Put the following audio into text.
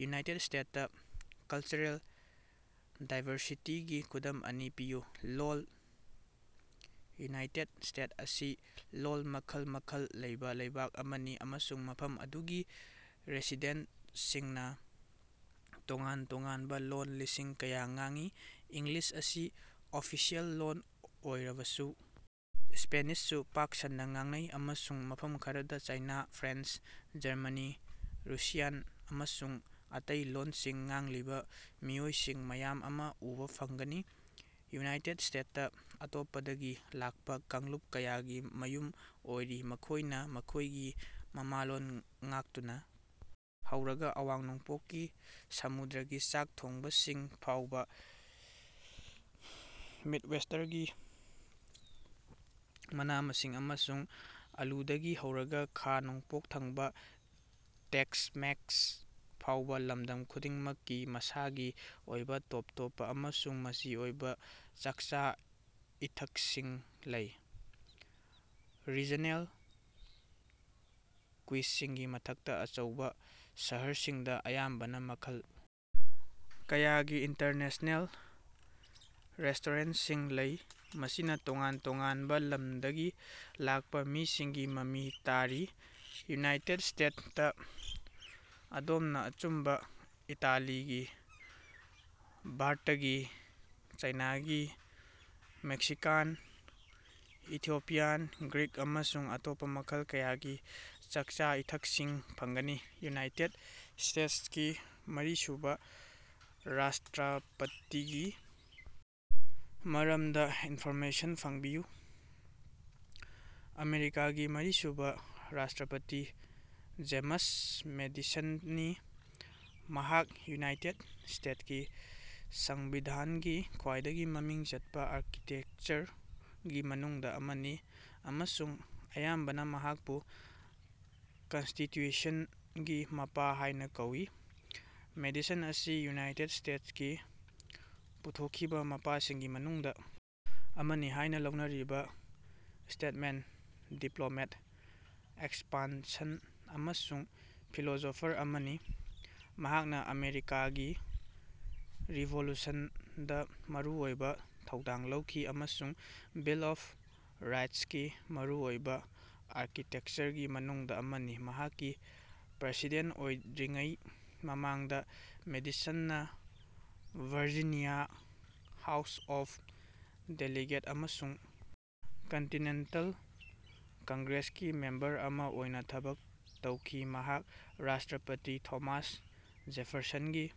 United state ꯇ cultural ꯗꯥꯏꯕꯔꯁꯤꯇꯤꯒꯤ ꯈꯨꯗꯝ ꯑꯅꯤ ꯄꯤꯌꯨ꯫ ꯂꯣꯜ: ꯌꯨꯅꯥꯏꯇꯦꯗ ꯁ꯭ꯇꯦꯠ ꯑꯁꯤ ꯂꯣꯜ ꯃꯈꯜ ꯃꯈꯜ ꯂꯩꯕ ꯂꯩꯕꯥꯛ ꯑꯃꯅꯤ ꯑꯃꯁꯨꯡ ꯃꯐꯝ ꯑꯗꯨꯒꯤ ꯔꯦꯁꯤꯗꯦꯟꯇꯁꯤꯡꯅꯥ ꯇꯣꯉꯥꯟ ꯇꯣꯉꯥꯟꯕ ꯂꯣꯜ ꯂꯤꯁꯤꯡ ꯀꯌꯥ ꯉꯥꯡꯏ꯫ ꯏꯪꯂꯤꯁ ꯑꯁꯤ ꯑꯣꯐꯤꯁꯤꯑꯦꯜ ꯂꯣꯜ ꯑꯣꯏꯔꯕꯁꯨ ꯁ꯭ꯄꯦꯅꯤꯁꯁꯨ ꯄꯥꯛ ꯁꯟꯅꯥ ꯉꯥꯡꯅꯩ ꯑꯃꯁꯨꯡ ꯃꯐꯝ ꯈꯔꯗ ꯆꯥꯏꯅꯥ, ꯐ꯭ꯔꯦꯟꯆ, ꯖꯔꯃꯅꯤ, ꯔꯨꯁꯤꯌꯥꯟ ꯑꯃꯁꯨꯡ ꯑꯇꯩ ꯂꯣꯜꯁꯤꯡ ꯉꯥꯡꯂꯤꯕ ꯃꯤꯑꯣꯏꯁꯤꯡ ꯃꯌꯥꯝ ꯑꯃ ꯎꯕꯥ ꯐꯪꯒꯅꯤ꯫ ꯌꯨꯅꯥꯏꯇꯦꯗ ꯁ꯭ꯇꯦꯗ ꯇꯥ ꯑꯇꯣꯞꯄꯗꯒꯤ ꯂꯥꯛꯄ ꯀꯥꯡꯂꯨꯞ ꯀꯌꯥꯒꯤ ꯃꯌꯨꯝ ꯑꯣꯏꯔꯤ ꯃꯈꯣꯢꯅ ꯃꯈꯣꯢꯒꯤ ꯃꯃꯥꯂꯣꯟ ꯉꯥꯛꯇꯨꯅ ꯍꯧꯔꯒ ꯑꯋꯥꯡ-ꯅꯣꯡꯄꯣꯛꯀꯤ ꯁꯃꯨꯗ꯭ꯔꯒꯤ ꯆꯥꯛ ꯊꯣꯡꯕꯁꯤꯡ ꯐꯥꯎꯕ ꯃꯤꯗꯋꯦꯁꯇꯔꯒꯤ ꯃꯅꯥ-ꯃꯁꯤꯡ ꯑꯃꯁꯨꯡ ꯑꯥꯂꯨꯗꯒꯤ ꯍꯧꯔꯒ ꯈꯥ-ꯅꯣꯡꯄꯣꯛ ꯊꯪꯕ ꯇꯦꯛꯁ-ꯃꯦꯛꯁ ꯐꯥꯎꯕ ꯂꯝꯗꯝ ꯈꯨꯗꯤꯡꯃꯛꯀꯤ ꯃꯁꯥꯒꯤ ꯑꯣꯏꯕ ꯇꯣꯞ ꯇꯣꯞꯄ ꯑꯃꯁꯨꯡ ꯃꯆꯤ ꯑꯣꯏꯕ ꯆꯥꯛꯆꯥ-ꯏꯊꯛꯁꯤꯡ ꯂꯩ꯫ ꯔꯤꯖꯅꯦꯜ ꯀ꯭ꯌꯨꯏꯖꯁꯤꯡꯒꯤ ꯃꯊꯛꯇ ꯑꯆꯧꯕ ꯁꯍꯔꯁꯤꯡꯗ ꯑꯌꯥꯝꯕꯅ ꯃꯈꯜ ꯀꯌꯥꯒꯤ ꯏꯟꯇꯔꯅꯦꯁꯅꯦꯜ ꯔꯦꯁꯇꯣꯔꯦꯟꯇꯁꯤꯡ ꯂꯩ ꯃꯁꯤꯅ ꯇꯣꯉꯥꯟ ꯇꯣꯉꯥꯟꯕ ꯂꯝꯗꯒꯤ ꯂꯥꯛꯄ ꯃꯤꯁꯤꯡꯒꯤ ꯃꯃꯤ ꯇꯥꯔꯤ꯫ ꯌꯨꯅꯥꯏꯇꯦꯗ ꯁ꯭ꯇꯦꯗ ꯇꯥ ꯑꯗꯣꯝꯅ ꯑꯆꯨꯝꯕ ꯏꯇꯥꯂꯤꯒꯤ, ꯚꯥꯔꯇꯀꯤ, ꯆꯥꯏꯅꯥꯒꯤ, ꯃꯦꯛꯁꯤꯀꯥꯟ, ꯏꯊꯤꯑꯣꯄꯤꯌꯥꯟ, ꯒ꯭ꯔꯤꯛ ꯑꯃꯁꯨꯡ ꯑꯇꯣꯞꯄ ꯃꯈꯜ ꯀꯌꯥꯒꯤ ꯆꯥꯛꯆꯥ-ꯏꯊꯛꯁꯤꯡ ꯐꯪꯒꯅꯤ꯫ ꯌꯨꯅꯥꯏꯇꯦꯗ ꯁ꯭ꯇꯦꯇꯁꯀꯤ ꯃꯔꯤꯁꯨꯕ ꯔꯥꯁꯇ꯭ꯔꯥꯄꯇꯤꯒꯤ ꯃꯔꯝꯗ ꯏꯟꯐꯣꯔꯃꯦꯁꯟ ꯐꯪꯕꯤꯌꯨ꯫ ꯑꯃꯦꯔꯤꯀꯥꯒꯤ ꯃꯔꯤꯁꯨꯕ ꯔꯥꯁꯇ꯭ꯔꯥꯄꯇꯤ ꯖꯦꯃꯁ ꯃꯦꯗꯤꯁꯟꯅꯤ꯫ ꯃꯍꯥꯛ ꯌꯨꯅꯥꯏꯇꯦꯗ ꯁ꯭ꯇꯦꯗ ꯀꯤ ꯁꯪꯕꯤꯙꯥꯟꯒꯤ ꯈ꯭ꯋꯥꯏꯗꯒꯤ ꯃꯃꯤꯡ ꯆꯠꯄ ꯑꯥꯔꯀꯤꯇꯦꯀꯆꯔꯒꯤ ꯃꯅꯨꯡꯗ ꯑꯃꯅꯤ ꯑꯃꯁꯨꯡ ꯑꯌꯥꯝꯕꯅ ꯃꯍꯥꯛꯄꯨ "ꯀꯟꯁꯇꯤꯇ꯭ꯌꯨꯁꯟꯒꯤ ꯃꯄꯥ" ꯍꯥꯢꯅ ꯀꯧꯏ꯫ ꯃꯦꯗꯤꯁꯟ ꯑꯁꯤ ꯌꯨꯅꯥꯏꯇꯦꯗ ꯁ꯭ꯇꯦꯇꯀꯤ ꯄꯨꯊꯣꯛꯈꯤꯕ ꯃꯄꯥꯁꯤꯡꯒꯤ ꯃꯅꯨꯡꯗ ꯑꯃꯅꯤ ꯍꯥꯢꯅ ꯂꯧꯅꯔꯤꯕ ꯁ꯭ꯇꯦꯇꯃꯦꯟ, ꯗꯤꯄ꯭ꯂꯣꯃꯦꯠ, ꯑꯦꯛꯁꯄꯥꯟꯁꯟ ꯑꯃꯁꯨꯡ ꯐꯤꯂꯣꯁꯣꯐꯔ ꯑꯃꯅꯤ꯫ ꯃꯍꯥꯛꯅ ꯑꯃꯦꯔꯤꯀꯥꯒꯤ ꯔꯤꯚꯣꯂꯨꯁꯟꯗ ꯃꯔꯨꯑꯣꯏꯕ ꯊꯧꯗꯥꯡ ꯂꯧꯈꯤ ꯑꯃꯁꯨꯡ ꯕꯤꯜ ꯑꯣꯐ ꯔꯥꯏꯠꯁꯀꯤ ꯃꯔꯨꯑꯣꯏꯕ ꯑꯥꯔꯀꯤꯇꯦꯛꯆꯔꯒꯤ ꯃꯅꯨꯡꯗ ꯑꯃꯅꯤ꯫ ꯃꯍꯥꯛꯀꯤ ꯄ꯭ꯔꯥꯁꯤꯗꯦꯟꯇ ꯑꯣꯏꯗ꯭ꯔꯤꯉꯩ ꯃꯃꯥꯡꯗ ꯃꯦꯗꯤꯁꯟꯅ ꯚꯥꯔꯖꯤꯅꯤꯌꯥ ꯍꯥꯎꯁ ꯑꯣꯐ ꯗꯦꯂꯤꯒꯦꯠ ꯑꯃꯁꯨꯡ ꯀꯟꯇꯤꯅꯦꯟꯇꯜ ꯀꯪꯒ꯭ꯔꯦꯁꯀꯤ ꯃꯦꯝꯕꯔ ꯑꯃ ꯑꯣꯏꯅ ꯊꯕꯛ ꯇꯧꯈꯤ꯫ ꯃꯍꯥꯛ ꯔꯥꯁꯇ꯭ꯔꯥꯄꯇꯤ ꯊꯣꯃꯥꯁ ꯖꯦꯐꯔꯁꯟꯒꯤ꯫